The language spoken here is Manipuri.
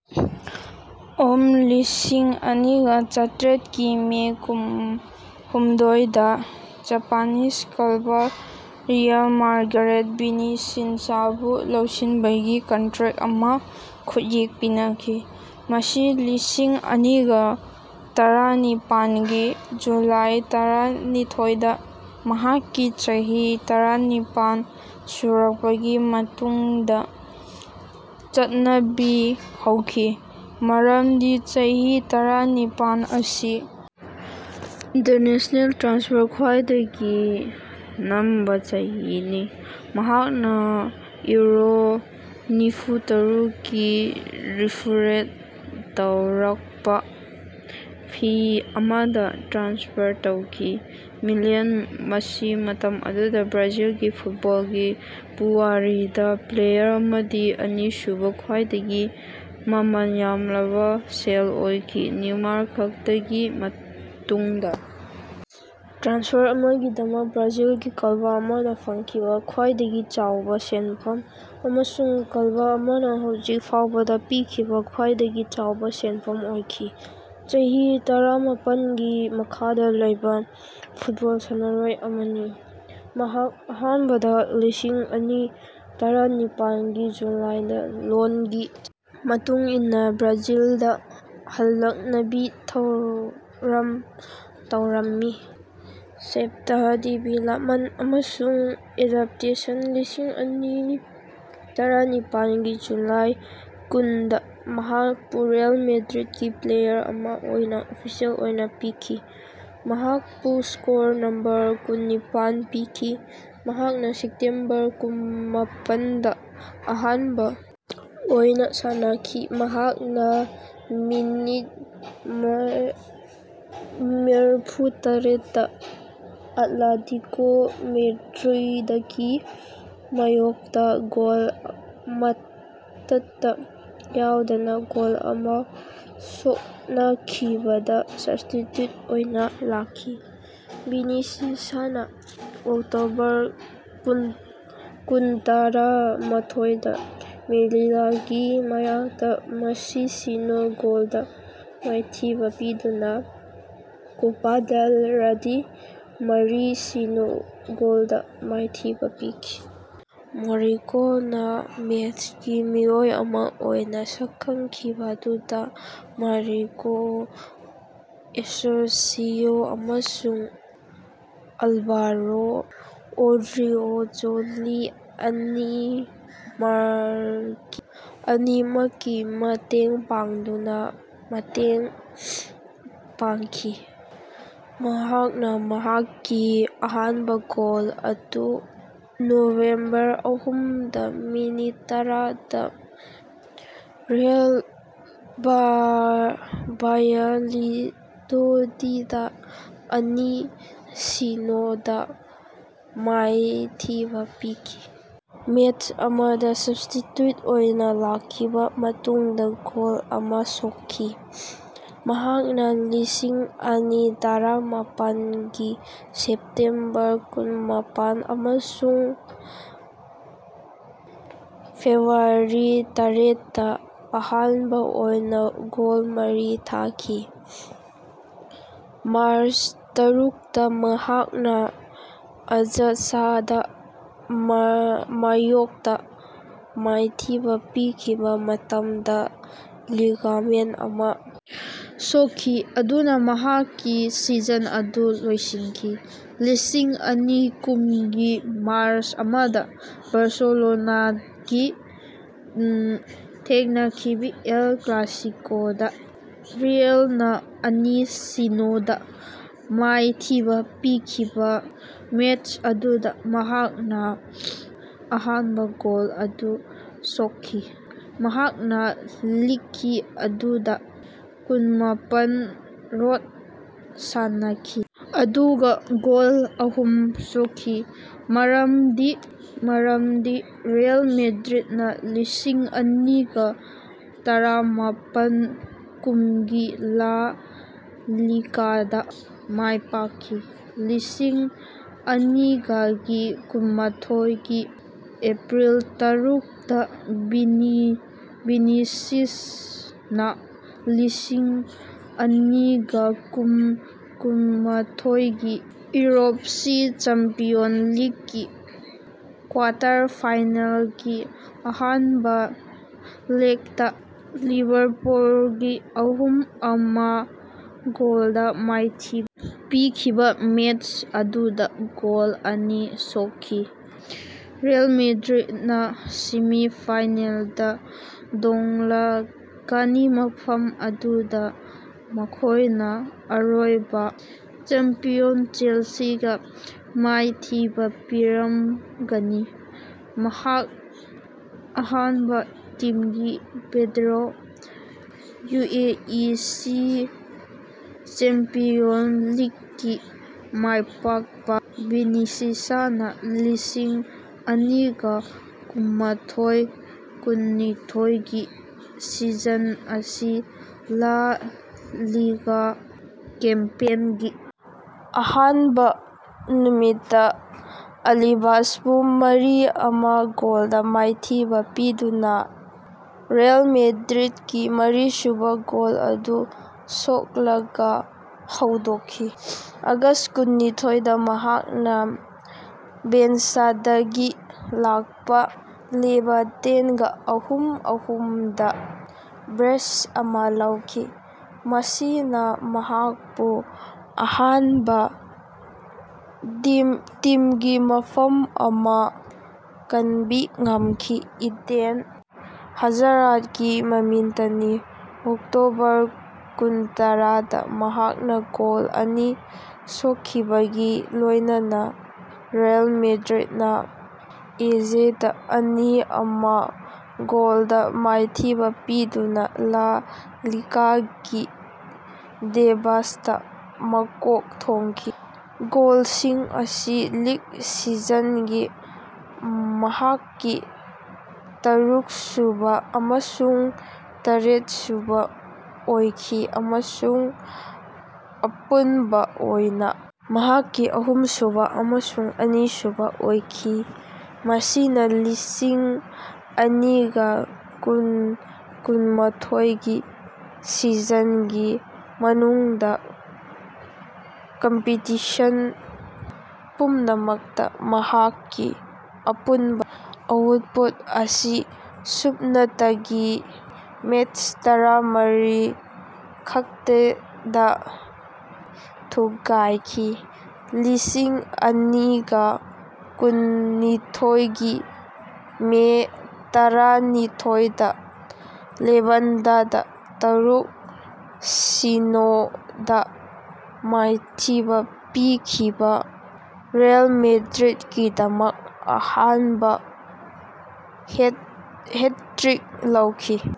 ꯑꯦꯁ ꯂꯤꯁꯤꯡ ꯑꯅꯤꯒꯥ ꯇꯔꯥꯇꯔꯦꯠꯀꯤ ꯃꯦ ꯀꯨꯟꯍꯨꯝꯗꯣꯏꯗꯥ ꯁ꯭ꯄꯦꯅꯤꯁ ꯀ꯭ꯂꯕ ꯔꯤꯑꯦꯜ ꯃꯥꯗ꯭ꯔꯤꯠꯅꯥ ꯚꯤꯅꯤꯁꯤꯌꯁꯄꯨ ꯂꯧꯁꯤꯟꯕꯒꯤ ꯀꯟꯇ꯭ꯔꯦꯛ ꯑꯃ ꯈꯨꯠꯌꯦꯛ ꯄꯤꯅꯈꯤ, ꯃꯁꯤ ꯂꯤꯁꯤꯡ ꯑꯅꯤꯒꯥ ꯇꯔꯥꯅꯤꯄꯥꯜꯒꯤ ꯖꯨꯂꯥꯏ ꯇꯔꯥꯅꯤꯊꯣꯏꯗꯥ ꯃꯍꯥꯛꯀꯤ ꯆꯍꯤ ꯇꯔꯥꯅꯤꯄꯥꯜ ꯁꯨꯔꯛꯄꯒꯤ ꯃꯇꯨꯡꯗ ꯆꯠꯅꯕꯥ ꯍꯧꯈꯤ (ꯃꯔꯝꯗꯤ ꯆꯍꯤ ꯇꯔꯥꯅꯤꯄꯥꯜ ꯑꯁꯤ ꯏꯟꯇꯔꯅꯦꯁꯅꯦꯜ ꯇ꯭ꯔꯥꯟꯁꯐꯔꯒꯤ ꯈ꯭ꯋꯥꯏꯗꯒꯤ ꯅꯦꯝꯕꯥ ꯆꯍꯤꯅꯤ)꯫ ꯃꯍꯥꯛꯅ ꯌꯨꯔꯣ ꯅꯤꯐꯨꯇꯔꯨꯛꯀꯤ ꯔꯤꯄꯣꯔꯠ ꯇꯧꯔꯛꯄ ꯐꯤ ꯑꯃꯗ ꯇ꯭ꯔꯥꯟꯁꯐꯔ ꯇꯧꯈꯤ꯫ ꯃꯤꯂꯤꯌꯟ, ꯃꯁꯤ ꯃꯇꯝ ꯑꯗꯨꯗꯥ ꯕ꯭ꯔꯥꯖꯤꯜꯒꯤ ꯐꯨꯠꯕꯣꯜꯒꯤ ꯄꯨꯋꯥꯔꯤꯗꯥ ꯄ꯭ꯂꯦꯌꯥꯔ ꯑꯃꯒꯤ ꯑꯅꯤꯁꯨꯕ ꯈ꯭ꯋꯥꯏꯗꯒꯤ ꯃꯃꯜ ꯌꯥꯝꯂꯕ ꯁꯦꯜ ꯑꯣꯏꯈꯤ ( ꯅꯦꯃꯥꯔ ꯈꯛꯇꯒꯤ ꯃꯇꯨꯡꯗ), ꯇ꯭ꯔꯥꯟꯁꯐꯔ ꯑꯃꯒꯤꯗꯃꯛ ꯕ꯭ꯔꯥꯖꯤꯜꯒꯤ ꯀ꯭ꯂꯕ ꯑꯃꯅ ꯐꯪꯈꯤꯕ ꯈ꯭ꯋꯥꯏꯗꯒꯤ ꯆꯥꯎꯕ ꯁꯦꯟꯐꯝ, ꯑꯃꯁꯨꯡ ꯀ꯭ꯂꯕ ꯑꯃꯅ ꯍꯧꯖꯤꯛ ꯐꯥꯎꯕꯗ ꯄꯤꯈꯤꯕ ꯈ꯭ꯋꯥꯏꯗꯒꯤ ꯋꯥꯡꯕ ꯁꯦꯟꯐꯝ ꯑꯣꯏꯈꯤ꯫ ꯆꯍꯤ ꯇꯔꯥꯃꯥꯄꯜꯒꯤ ꯃꯈꯥꯗ ꯂꯩꯕ ꯐꯨꯠꯕꯣꯜ ꯁꯥꯟꯅꯔꯣꯏ ꯑꯃꯅꯤ꯫ ꯃꯍꯥꯛ ꯑꯍꯥꯟꯕꯗ ꯂꯤꯁꯤꯡ ꯑꯅꯤ ꯇꯔꯥꯅꯤꯄꯥꯜꯒꯤ ꯖꯨꯂꯥꯏꯗꯥ ꯂꯣꯟꯒꯤ ꯃꯇꯨꯡ ꯏꯟꯅ ꯕ꯭ꯔꯥꯖꯤꯜꯗꯥ ꯍꯜꯂꯛꯅꯕꯥ ꯊꯧꯔꯥꯡ ꯇꯧꯔꯝꯃꯤ꯫ ꯁ꯭ꯄꯦꯟꯗꯥ ꯗꯤꯕꯦꯂꯞꯃꯦꯟ ꯑꯃꯁꯨꯡ ꯑꯦꯗꯞꯇꯦꯁꯟ ꯂꯤꯁꯤꯡ ꯑꯅꯤ ꯇꯔꯥꯅꯤꯄꯥꯜꯒꯤ ꯖꯨꯂꯥꯏ ꯀꯨꯟꯗꯥ ꯃꯍꯥꯛꯄꯨ ꯔꯤꯑꯦꯜ ꯃꯥꯗ꯭ꯔꯤꯠꯀꯤ ꯄ꯭ꯂꯦꯌꯥꯔ ꯑꯃ ꯑꯣꯏꯅ ꯑꯣꯐꯤꯁꯤꯑꯦꯜ ꯑꯣꯏꯅ ꯄꯤꯈꯤ꯫ ꯃꯍꯥꯛꯄꯨ ꯁ꯭ꯀꯣꯔ ꯅꯝꯕꯔ ꯀꯨꯟꯅꯤꯄꯥꯜ ꯄꯤꯈꯤ꯫ ꯃꯍꯥꯛꯅ ꯁꯦꯞꯇꯦꯝꯕꯔ ꯀꯨꯟꯃꯥꯄꯜꯗ ꯑꯍꯥꯟꯕ ꯑꯣꯏꯅ ꯁꯥꯟꯅꯈꯤ, ꯃꯍꯥꯛꯅ ꯃꯤꯅꯤꯠ ꯃꯔꯐꯨꯇꯔꯦꯠꯇ ꯑꯦꯠꯂꯦꯇꯤꯀꯣ ꯃꯥꯗ꯭ꯔꯤꯗꯀꯤ ꯃꯥꯌꯣꯛꯇ ꯒꯣꯜ ꯑꯃꯠꯇ ꯌꯥꯎꯗꯅꯥ ꯒꯣꯜ ꯑꯃ ꯁꯣꯛꯅꯈꯤꯕꯗꯥ ꯁꯕꯁ꯭ꯇꯤꯆ꯭ꯌꯨꯠ ꯑꯣꯏꯅ ꯂꯥꯛꯈꯤ꯫ ꯚꯤꯅꯤꯁꯤꯌꯁꯅꯥ ꯑꯣꯛꯇꯣꯕꯔ ꯀꯨꯟꯊ꯭ꯔꯥꯃꯥꯊꯣꯏꯗ ꯃꯦꯂꯤꯂꯥꯒꯤ ꯃꯥꯌꯣꯛꯇ ꯃꯔꯤ-ꯁꯤꯅꯣ ꯒꯣꯜꯗ ꯃꯥꯏꯊꯤꯕ ꯄꯤꯗꯨꯅꯥ ꯀꯣꯄꯥ ꯗꯦꯜ ꯔꯦꯗꯥ ꯃꯔꯤ-ꯁꯤꯅꯣ ꯒꯣꯜꯗꯥ ꯃꯥꯏꯊꯤꯕꯥ ꯄꯤꯈꯤ, ꯃꯥꯔꯀꯣꯅꯥ ꯃꯦꯁꯀꯤ ꯃꯤꯑꯣꯏ ꯑꯃ ꯑꯣꯏꯅ ꯁꯛꯈꯪꯈꯤꯕꯥ ꯑꯗꯨꯗ ꯃꯥꯔꯀꯣ ꯑꯦꯁꯦꯟꯁꯤꯑꯣ ꯑꯃꯁꯨꯡ ꯑꯥꯜꯚꯥꯔꯣ ꯑꯣꯗ꯭ꯔꯤꯑꯣꯖꯣꯂꯥ ꯑꯅꯤꯃꯛꯀꯤ ꯃꯇꯦꯡ ꯄꯥꯡꯗꯨꯅ ꯃꯇꯦꯡ ꯄꯥꯡꯈꯤ꯫ ꯃꯍꯥꯛꯅ ꯃꯍꯥꯛꯀꯤ ꯑꯍꯥꯟꯕ ꯒꯣꯜ ꯑꯗꯨ ꯅꯕꯦꯝꯕꯔ ꯑꯍꯨꯝꯗ ꯃꯤꯅꯤꯠ ꯇꯔꯥꯗ ꯔꯤꯑꯦꯜ ꯚ꯭ꯌꯥꯂꯥꯗꯣꯂꯤꯗꯇꯥ ꯑꯅꯤ -ꯁꯤꯅꯣ ꯗꯥ ꯃꯥꯏꯊꯤꯕ ꯄꯤꯈꯤꯕ ꯃꯦꯁ ꯑꯃꯗ ꯁꯕꯁ꯭ꯇꯤꯆ꯭ꯌꯨꯠ ꯑꯣꯏꯅ ꯂꯥꯛꯈꯤꯕ ꯃꯇꯨꯡꯗ ꯒꯣꯜ ꯑꯃ ꯁꯣꯛꯈꯤ꯫ ꯃꯍꯥꯛꯅ ꯂꯤꯁꯤꯡ ꯑꯅꯤ ꯇꯔꯥꯃꯥꯄꯜꯒꯤ ꯁꯦꯞꯇꯦꯝꯕꯔ ꯀꯨꯟꯃꯥꯄꯜ ꯑꯃꯁꯨꯡ ꯐꯦꯕ꯭ꯔꯨꯋꯥꯔꯤ ꯇꯔꯦꯠꯇ ꯑꯍꯥꯟꯕ ꯑꯣꯏꯅ ꯒꯣꯜ ꯃꯔꯤ ꯊꯥꯈꯤ꯫ ꯃꯥꯔꯆ ꯇꯔꯨꯛꯇ ꯃꯍꯥꯛꯅ ꯑꯖꯥꯛꯁꯇꯥ ꯃꯥꯌꯣꯛꯇ ꯃꯥꯏꯊꯤꯕ ꯄꯤꯈꯤꯕ ꯃꯇꯝꯗ ꯂꯤꯒꯥꯃꯦꯟ ꯑꯃ ꯁꯣꯛꯈꯤ, ꯃꯗꯨꯅ ꯃꯍꯥꯛꯀꯤ ꯁꯤꯖꯟ ꯑꯗꯨ ꯂꯣꯏꯁꯤꯟꯈꯤ꯫ ꯂꯤꯁꯤꯡ ꯑꯅꯤ ꯀꯨꯟꯒꯤ ꯃꯥꯔꯆ ꯑꯃꯗ ꯕꯥꯔꯁꯦꯂꯣꯅꯥꯒꯥ ꯊꯦꯡꯅꯈꯤꯕꯥ ꯑꯦꯜ ꯀ꯭ꯂꯥꯁꯤꯀꯣꯗꯥ ꯔꯤꯑꯦꯜꯅꯥ ꯑꯅꯤ-ꯁꯤꯅꯣ ꯗ ꯃꯥꯏꯊꯤꯕ ꯄꯤꯈꯤꯕ ꯃꯦꯁ ꯑꯃꯗ ꯃꯍꯥꯛꯅ ꯑꯍꯥꯟꯕ ꯒꯣꯜ ꯑꯗꯨ ꯁꯣꯛꯈꯤ꯫ ꯃꯍꯥꯛꯅ ꯂꯤꯛꯀꯤ ꯃꯇꯝꯗ ꯀꯨꯟꯃꯥꯄꯜ ꯔꯣꯝ ꯁꯥꯟꯅꯈꯤ, ꯑꯗꯨꯒ ꯒꯣꯜ ꯑꯍꯨꯝ ꯁꯣꯛꯈꯤ, ꯃꯔꯝꯗꯤ ꯔꯤꯑꯦꯜ ꯃꯥꯗ꯭ꯔꯤꯠꯅꯥ ꯂꯤꯁꯤꯡ ꯑꯅꯤꯒꯥ ꯇꯔꯥꯃꯥꯄꯜ-ꯀꯨꯟꯒꯤ ꯂꯥ ꯂꯤꯒꯥꯗꯥ ꯃꯥꯏꯄꯥꯛꯈꯤ꯫ ꯂꯤꯁꯤꯡ ꯑꯅꯤꯒꯥꯒꯤ ꯀꯨꯟꯃꯥꯊꯣꯏꯒꯤ ꯑꯦꯄꯔꯤꯜ ꯇꯔꯨꯛꯇꯥ ꯚꯤꯅꯤꯁꯤꯌꯁꯅꯥ ꯂꯤꯁꯤꯡ ꯑꯅꯤꯒꯥ ꯀꯨꯟ-ꯀꯨꯟꯃꯥꯊꯣꯏꯒꯤ ꯌꯨꯑꯦꯐꯁꯤ ꯆꯦꯝꯄꯤꯌꯟꯁ ꯂꯤꯛꯀꯤ ꯀ꯭ꯋꯥꯇꯔ ꯐꯥꯏꯅꯦꯜꯒꯤ ꯑꯍꯥꯟꯕ ꯂꯦꯛꯇꯥ ꯂꯤꯚꯥꯔꯄꯨꯜꯒꯥ ꯑꯍꯨꯝ-ꯑꯃ ꯒꯣꯜꯗ ꯃꯥꯏꯊꯤ ꯄꯤꯈꯤꯕ ꯃꯦꯁ ꯑꯗꯨꯗ ꯒꯣꯜ ꯑꯅꯤ ꯁꯣꯛꯈꯤ꯫ ꯔꯤꯑꯦꯜ ꯃꯥꯗ꯭ꯔꯤꯠꯅꯥ ꯁꯦꯃꯤꯐꯥꯏꯅꯦꯜꯗꯥ ꯊꯨꯡꯂꯒꯅꯤ ꯃꯐꯝ ꯑꯗꯨꯗꯥ ꯃꯈꯣꯏꯅ ꯑꯔꯣꯏꯕ ꯆꯦꯝꯄꯤꯌꯟ ꯆꯦꯜꯁꯤꯒꯥ ꯃꯥꯏꯊꯤꯕ ꯄꯤꯔꯝꯒꯅꯤ꯫ꯑꯍꯥꯟꯕ ꯇꯤꯝꯒꯤ ꯕ꯭ꯔꯦꯛꯊ꯭ꯔꯣ, ꯌꯨꯑꯦꯐꯁꯤ ꯆꯦꯝꯄꯤꯌꯟꯁ ꯂꯤꯛꯀꯤ ꯃꯥꯏꯄꯥꯛꯄ ꯚꯤꯅꯤꯁꯤꯌꯁꯅꯥ ꯂꯤꯁꯤꯡ ꯑꯅꯤꯒꯥ ꯀꯨꯟꯃꯥꯊꯣꯏ-ꯀꯨꯟꯅꯤꯊꯣꯏꯒꯤ ꯁꯤꯖꯟ ꯑꯁꯤ ꯂꯥ ꯂꯤꯒꯥ ꯀꯦꯝꯄꯦꯟꯒꯤ ꯑꯍꯥꯟꯕ ꯅꯨꯃꯤꯠꯇꯥ ꯑꯂꯥꯚꯦꯁꯄꯨ ꯃꯔꯤ-ꯑꯃ ꯒꯣꯜꯗꯥ ꯃꯥꯏꯊꯤꯕ ꯄꯤꯗꯨꯅꯥ ꯔꯤꯑꯦꯜ ꯃꯥꯗ꯭ꯔꯤꯠꯀꯤ ꯃꯔꯤꯁꯨꯕ ꯒꯣꯜ ꯑꯗꯨ ꯁꯣꯛꯂꯒꯥ ꯍꯧꯗꯣꯛꯈꯤ꯫ ꯑꯣꯒꯁ ꯀꯨꯟꯅꯤꯊꯣꯏꯗꯥ ꯃꯍꯥꯛꯅ ꯕꯦꯟꯁꯇꯒꯤ ꯂꯥꯛꯄ ꯂꯦꯚꯥꯟꯇꯦꯒꯥ ꯑꯍꯨꯝ-ꯑꯍꯨꯝꯗꯥ ꯕ꯭ꯔꯦꯁ ꯑꯃ ꯂꯧꯈꯤ, ꯃꯁꯤꯅ ꯃꯍꯥꯛꯄꯨ ꯑꯍꯥꯟꯕ ꯇꯤꯝꯒꯤ ꯃꯐꯝ ꯑꯃ ꯀꯟꯕꯤ ꯉꯝꯈꯤ, ꯏꯗꯦꯟ ꯍꯥꯖꯥꯔꯠꯀꯤ ꯃꯃꯥꯡꯗꯅꯤ꯫ ꯑꯣꯛꯇꯣꯕꯔ ꯀꯨꯟꯊ꯭ꯔꯥꯗ ꯃꯍꯥꯛꯅ ꯒꯣꯜ ꯑꯅꯤ ꯁꯣꯛꯈꯤꯕꯒꯥ ꯂꯣꯏꯅꯅꯥ ꯔꯤꯑꯦꯜ ꯃꯥꯗ꯭ꯔꯤꯠꯅꯥ ꯑꯦꯜꯆꯦꯗꯥ ꯑꯅꯤ-ꯑꯃ ꯒꯣꯜꯗꯥ ꯃꯥꯏꯊꯤꯕ ꯄꯤꯗꯨꯅ ꯂꯥ ꯂꯤꯒꯥꯒꯤ ꯇꯦꯕꯜꯗꯥ ꯃꯀꯣꯛ ꯊꯣꯡꯈꯤ꯫ ꯒꯣꯜꯁꯤꯡ ꯑꯁꯤ ꯂꯤꯛ ꯁꯤꯖꯟꯒꯤ ꯃꯍꯥꯛꯀꯤ ꯇꯔꯨꯛꯁꯨꯕꯥ ꯑꯃꯁꯨꯡ ꯇꯔꯦꯠꯁꯨꯕꯥ ꯑꯣꯏꯈꯤ ꯑꯃꯁꯨꯡ ꯑꯄꯨꯟꯕ ꯑꯣꯏꯅ ꯃꯍꯥꯛꯀꯤ ꯑꯍꯨꯝꯁꯨꯕ ꯑꯃꯁꯨꯡ ꯑꯅꯤꯁꯨꯕ ꯑꯣꯏꯈꯤ, ꯃꯁꯤꯅ ꯂꯤꯁꯤꯡ ꯑꯅꯤꯒꯥ ꯀꯨꯟ- ꯀꯨꯟꯃꯥꯊꯣꯏꯒꯤ ꯁꯤꯖꯟꯒꯤ ꯃꯅꯨꯡꯗ ꯀꯝꯄꯤꯇꯤꯁꯟ ꯄꯨꯝꯅꯃꯛꯇ ꯃꯍꯥꯛꯀꯤ ꯑꯄꯨꯟꯕ ꯑꯥꯎꯠꯄꯨꯠ ꯑꯁꯤ ꯁꯨꯞꯅꯇꯒꯤ ꯃꯦꯁ ꯇꯔꯥꯃꯔꯤ ꯈꯛꯇꯗꯥ ꯊꯨꯒꯥꯏꯈꯤ꯫ ꯂꯤꯁꯤꯡ ꯑꯅꯤꯒꯥ ꯀꯨꯟꯅꯤꯊꯣꯏꯒꯤ ꯃꯦ ꯇꯔꯥꯅꯤꯊꯣꯏꯗ ꯂꯦꯚꯥꯟꯇꯦꯗꯥ ꯇꯔꯨꯛ-ꯁꯤꯅꯣ ꯗꯥ ꯃꯥꯏꯊꯤꯕꯥ ꯄꯤꯈꯤꯕ ꯔꯤꯑꯦꯜ ꯃꯥꯗ꯭ꯔꯤꯠꯀꯤꯗꯃꯛ ꯑꯍꯥꯟꯕ ꯍꯦꯠꯇ꯭ꯔꯤꯛ ꯂꯧꯈꯤ꯫